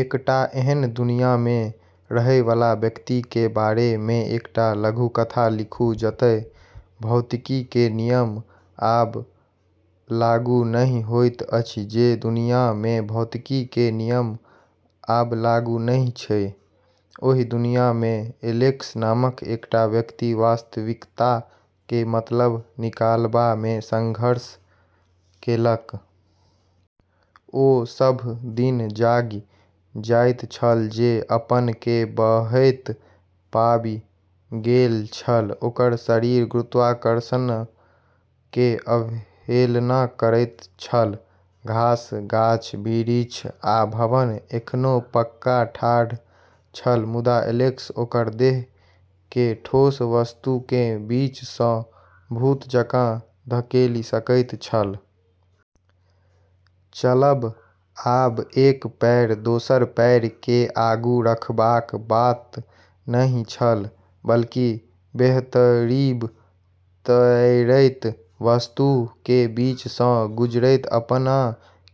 एकटा एहन दुनिया मे रहय वाला व्यक्ति के बारे मे एकटा लघुकथा लिखू जतय भौतिकी के नियम आब लागू नहि होइत अछि। जे दुनिया मे भौतिकी के नियम आब लागू नहि छै, ओहि दुनिया मे एलेक्स नामक एकटा व्यक्ति वास्तविकता के मतलब निकालबा मे संघर्ष केलक। ओ सभ दिन जागि जाइत छल जे अपना के बहैत पाबि गेल छल, ओकर शरीर गुरुत्वाकर्षण के अवहेलना करैत छल। घास, गाछ-बिरिछ आ भवन एखनो पक्का ठाढ़ छल, मुदा एलेक्स ओकर देह के ठोस वस्तु के बीच सँ भूत जकाँ धकेलि सकैत छल। चलब आब एक पैर दोसर पैर के आगू रखबाक बात नहि छल, बल्कि बेतरतीब तैरैत वस्तु के बीच सँ गुजरैत अपना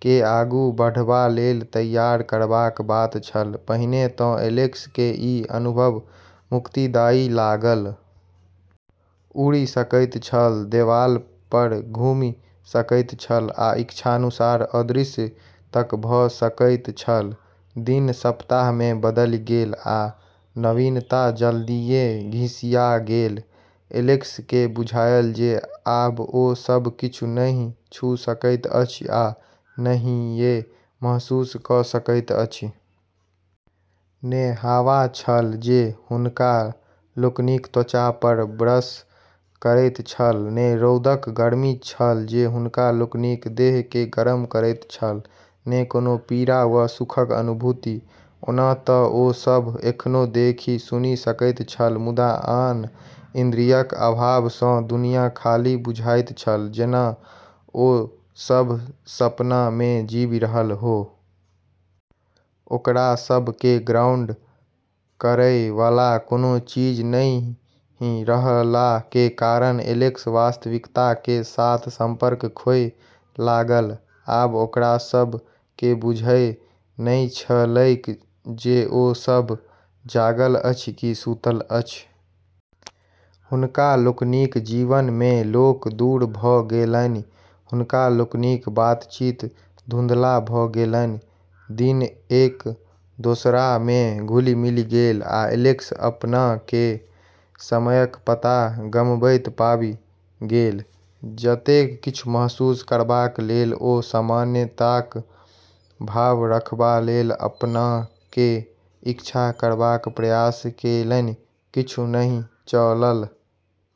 के आगू बढ़बा लेल तैयार करबाक बात छल। पहिने त एलेक्स के ई अनुभव मुक्तिदायी लागल। उड़ि सकैत छल, देवाल पर घुमि सकैत छल, आ इच्छानुसार अदृश्य तक भ सकैत छल। दिन सप्ताह मे बदलि गेल, आ नवीनता जल्दिये घिसिया गेल। एलेक्स के बुझायल जे आब ओ सब किछु नहि छू सकैत अछि आ नहिये महसूस क सकैत अछि। ने हवा छल जे हुनका लोकनिक त्वचा पर ब्रश करैत छल, ने रौदक गर्मी छल जे हुनका लोकनिक देह के गरम करैत छल, ने कोनो पीड़ा वा सुखक अनुभूति। ओना त ओ सभ एखनो देखि-सुनि सकैत छल, मुदा आन इन्द्रियक अभाव सँ दुनिया खाली बुझाइत छल, जेना ओ सभ सपना मे जीबि रहल हो। ओकरा सब के ग्राउंड करै वाला कोनो चीज नहि रहला के कारण एलेक्स वास्तविकता के साथ संपर्क खोय लागल। आब ओकरा सब के बुझल नहि छलैक जे ओ सभ जागल अछि कि सुतल अछि। हुनका लोकनिक जीवन मे लोक दूर भ गेलनि, हुनका लोकनिक बातचीत धुंधला भ गेलनि। दिन एक दोसरा मे घुलि-मिलि गेल, आ एलेक्स अपना के समयक पता गमबैत पाबि गेल। जतेक किछु महसूस करबाक लेल वा सामान्यताक भाव रखबा लेल अपना के इच्छा करबाक प्रयास केलनि, किछु नहि चलल।